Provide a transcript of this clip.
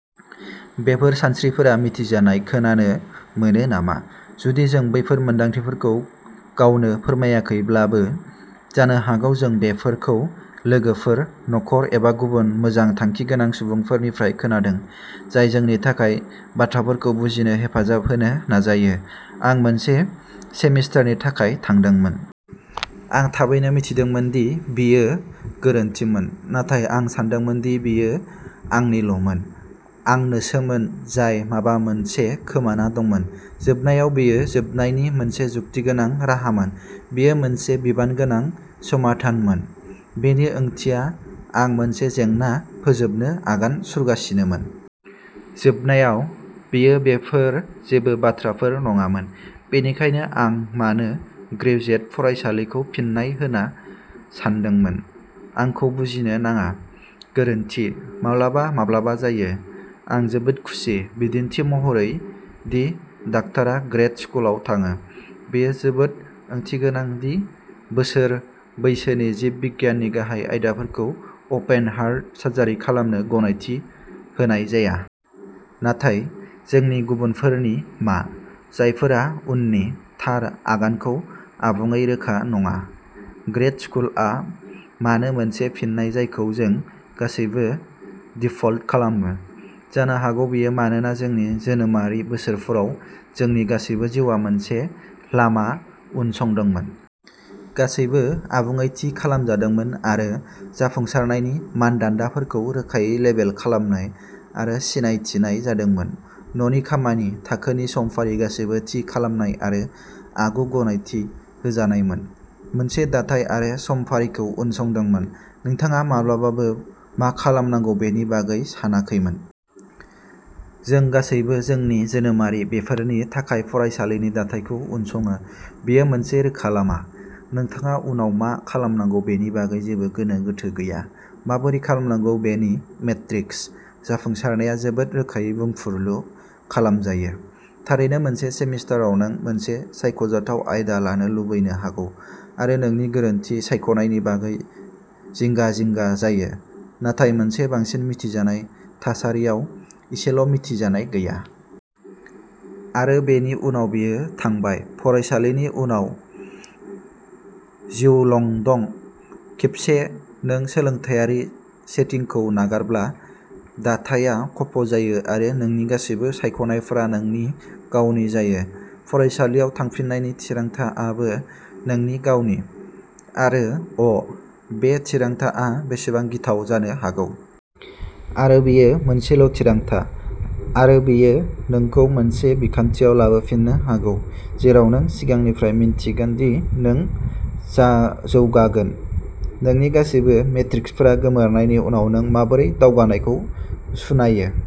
" बेफोर सानस्रिफोरा मिथिजानाय खोनानो मोनो नामा? जुदि जों बेफोर मोनदांथिफोरखौ गावनो फोरमायाखैब्लाबो, जानो हागौ जों बेफोरखौ लोगोफोर, नखर एबा गुबुन मोजां-थांखिगोनां सुबुंफोरनिफ्राय खोनादों, जाय जोंनि थाखाय बाथ्राफोरखौ बुजिनो हेफाजाब होनो नाजायो। आं मोनसे सेमिस्टारनि थाखाय थांदोंमोन। आं थाबैनो मिथिदोंमोन दि बेयो गोरोन्थिमोन, नाथाय आं सान्दोंमोन दि बेयो आंनिल'मोन। आंनोसोमोन जाय माबा मोनसे खोमाना दंमोन। जोबनायाव, बेयो जोबनायनि मोनसे जुक्तिगोनां राहामोन। बेयो मोनसे बिबानगोनां समाधानमोन। बेनि ओंथिया आं मोनसे जेंना फोजोबनो आगान सुरगासिनोमोन। जोबनायाव, बेयो बेफोर जेबो बाथ्राफोर नङामोन। बेनिखायनो आं मानो ग्रेजुवेट फरायसालिखौ फिन्नाय होनना सानदोंमोन? आंखौ बुजिनो नाङा। गोरोन्थि, माब्लाबा माब्लाबा जायो। आं जोबोद खुसि, बिदिन्थि महरै, दि डाक्टरा ग्रेद स्कुलाव थाङो। बेयो जोबोद ओंथिगोनां दि बोसोर बैसोनि जिब बिगियाननि गाहाय आयदाफोरखौ अपेन-हार्ट सार्जारि खालामनो गनायथि होनाय जाया। नाथाय, जोंनि गुबुनफोरनि मा? जायफोरा उननि "थार" आगानखौ आबुङै रोखा नङा? ग्रेद स्कुलआ मानो मोनसे फिननाय जायखौ जों गासैबो दिफल्ट खालामो? जानो हागौ बेयो मानोना जोंनि जोनोमारि बोसोरफोराव, जोंनि गासै जिउआ मोनसे लामा उनसंदोंमोन। गासैबो आबुङै थि खालामजादोंमोन आरो जाफुंसारनायनि मानदान्दाफोरखौ रोखायै लेबेल खालामनाय आरो सिनायथिनाय जादोंमोन। न'नि खामानि, थाखोनि समफारि-गासैबो थि खालामनाय आरो आगु-गनायथि होजानायमोन। मोनसे दाथाय आरो समफारिखौ उनसंदोंमोन। नोंथाङा माब्लाबाबो मा खालामनांगौ बेनि बागै सानाखैमोन। जों गासैबो जोंनि जोनोमारि बोसोरफोरनि थाखाय फरायसालिनि दाथायखौ उनसङो। बेयो मोनसे रोखा लामा। नोंथाङा उनाव मा खालामनांगौ बेनि बागै जेबो गोनो गोथो गैया। माबोरै खालामनांगौ बेनि मेट्रिक्स। जाफुंसारनाया जोबोद रोखायै बुंफुरलु खालामजायो। थारैनो, मोनसे सेमिस्टारआव नों मोननै सायख'जाथाव आयदा लानो लुबैनो हागौ आरो नों गोरोन्थि सायख'नायनि बागै जिंगा-जिंगा जायो, नाथाय मोनसे बांसिन मिथिजानाय थासारियाव इसेल'मिथिजानाय गैया। आरो बेनि उनाव बेयो थांबाय। फरायसालिनि उनाव, जिउल'दं। खेबसे नों सोलोंथायारि सेटिंखौ नागारब्ला, दाथाइया खफ'जायो आरो नोंनि गासैबो सायख'नायफोरा नोंनि गावनि जायो। फरायसालियाव थांफिननायनि थिरांथाआबो नोंनि गावनि। आरो अ ', बे थिरांथाआ बेसेबां गिथाव जानो हागौ! आरो, बेयो मोनसेल'थिरांथा, आरो बेयो नोंखौ मोनसे बिखान्थियाव लाबोफिन्नो हागौ जेराव नों सिगांनिफ्रायनो मिन्थिगोन दि नों जौगागोन। नोंनि गासैबो मेट्रिक्सफोरा गोमोरनायनि उनाव नों माबोरै दावगानायखौ सुनायो?